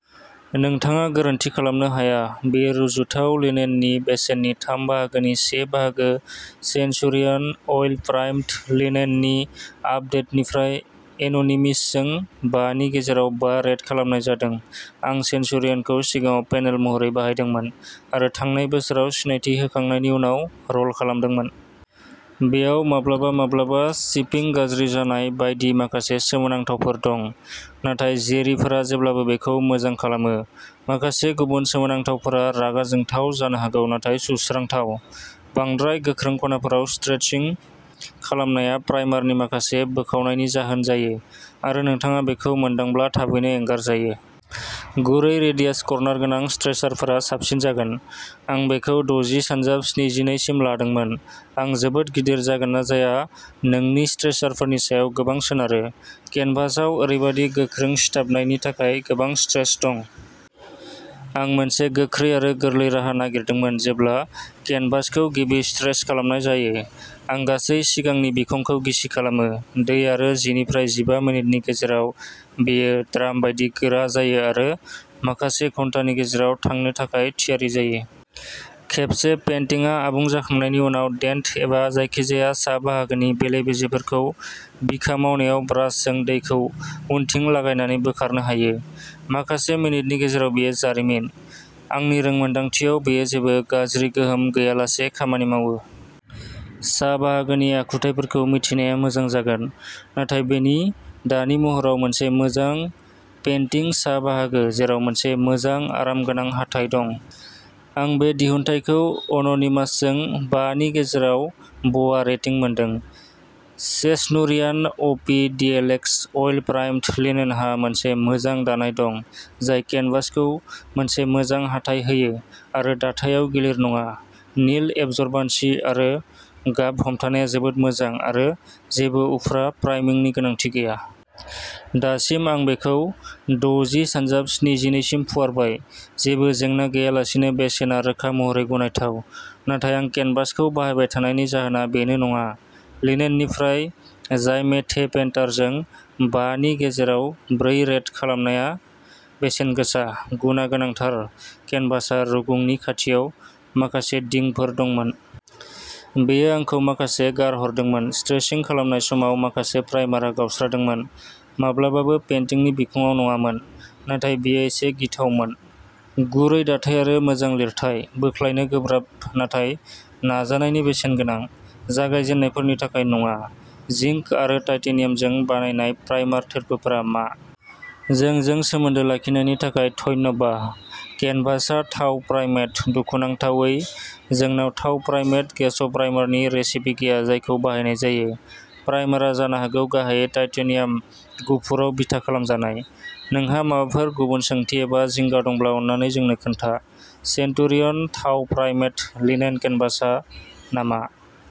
नोंथाङा गोरोन्थि खालामनो हाया। बेयो रुजुथाव लिनेननि बेसेननि थाम बाहागो नि से बाहागो सेनचुरियन अइल प्राइम्ड लिनेननि आप डेटनिफ्राय एन'निमिसजों बा नि गेजेराव बा रेट खालामनाय जादों आं सेनचुरियनखौ सिगाङाव पेनेल महरै बाहायदोंमोन आरो थांनाय बोसोराव सिनायथि होखांनायनि उनाव र'ल खालामदोंमोन। बेयाव माब्लाबा-माब्लाबा शिपिं गाज्रि जानाय बायदि माखासे सोमोनांथावफोर दं, नाथाय जेरिफोरा जेब्लाबो बेखौ मोजां खालामो। माखासे गुबुन सोमोनांथावफोरा रागा जोंथाव जानो हागौ नाथाय सुस्रांथाव। बांद्राय गोख्रों खनाफोराव स्ट्रेचिं खालामनाया प्राइमारनि माखासे बोखावनायनि जाहोन जायो आरो नोंथाङा बेखौ मोनदांब्ला थाबैनो एंगारजायो। गुरै रेडियास कर्नार गोनां स्ट्रेचारफोरा साबसिन जागोन। आं बेखौ दजि सानजाब स्निजिनै सिम लादोंमोन आं जोबोद गिदिर जागोन ना जाया नोंनि स्ट्रेचारफोरनि सायाव गोबां सोनारो। केनभासआव ओरैबादि गोख्रों सिथाबनायनि थाखाय गोबां स्ट्रेच दं। आं मोनसे गोख्रै आरो गोरलै राहा नागिरदोंमोन जेब्ला केनभासखौ गिबि स्ट्रेच खालामनाय जायो, आं गासै सिगांनि बिखंखौ गिसि खालामो। दै आरो जि निफ्राय जिबा मिनिटनि गेजेराव बेयो ड्राम बायदि गोरा जायो आरो माखासे घन्टानि गेजेराव थांनो थाखाय थियारि जायो। खेबसे पेन्टिंआ आबुं जाखांनायनि उनाव डेन्ट एबा जायखिजाया सा बाहागोनि बेले बेजेफोरखौ बिखा मावनायाव ब्रासजों दैखौ उनथिं लागायनानै बोखारनो हायो। माखासे मिनिटनि गेजेराव बेयो जारिमिन। आंनि रोंमोन्दांथियाव बेयो जेबो गाज्रि गोहोम गैयालासे खामानि मावो। सा बाहागोनि आखुथायफोरखौ मिथिनाया मोजां जागोन, नाथाय बेनि दानि महराव मोनसे मोजां पेन्टिं सा बाहागो जेराव मोनसे मोजां आरामगोनां हाथाइ दं। आं बे दिहुनथायखौ अन'निमासजों बा नि गेजेराव बआ रेटिं मोनदों। सेस्नुरियान अपि डिएलएक्स अइल प्राइम्ड लिनेनहा मोनसे मोजां दानाय दं जाय केनभासखौ मोनसे मोजां हाथाइ होयो आरो दाथायाव गिलिर नङा निल एबजर्बान्सि आरो गाब हमथानायआ जोबोद मोजां आरो जेबो उफ्रा प्राइमिंनि गोनांथि गैया। दासिम आं बेखौ दजि सानजाब स्निजिनै सिम फुवारबाय। जेबो जेंना गैयालासेनो बेसेना रोखा महरै गनायथाव, नाथाय आं केनभासखौ बाहायबाय थानायनि जाहोना बेनो नङा, लिनेननिफ्राय जाइमेथेपेन्टारजों बा नि गेजेराव ब्रै रेट खालामनायआ बेसेन गोसा, गुनआ गोनांथार केनभासआ रुगुंनि खाथियाव माखासे दिंफोर दंमोन। बेयो आंखौ माखासे गारहरदोंमोन। स्ट्रेचिं खालामनाय समाव, माखासे प्राइमारआ गावस्रादोंमोन, माब्लाबाबो पेन्टिंनि बिखंआव नङामोन, नाथाय बेयो एसे गिथावमोन। गुरै दाथाय आरो मोजां लिरथाय, बोख्लायनो गोब्राब नाथाय नाजानायनि बेसेन गोनां। जागायजेन्नायफोरनि थाखाय नङा। जिंक आरो टाइटेनियामजों बानायनाय प्राइमार थोरफोफोरा मा? जोंजों सोमोन्दो लाखिनायनि थाखाय धन्यबा। केनभासआ थाव प्राइमेड, दुखुनांथावै, जोंनाव थाव प्राइमेड गेस'प्राइमारनि रेसिपि गैया जायखौ बाहायनाय जायो। प्राइमारआ जानो हागौ गाहायै टाइटेनियाम गुफुराव बिथा खालामजानाय। नोंहा माबाफोर गुबुन सोंथि एबा जिंगा दंब्ला अन्नानै जोंनो खोन्था। सेन्टुरियन थाव प्राइमेड लिनेन केनभासआ नामा?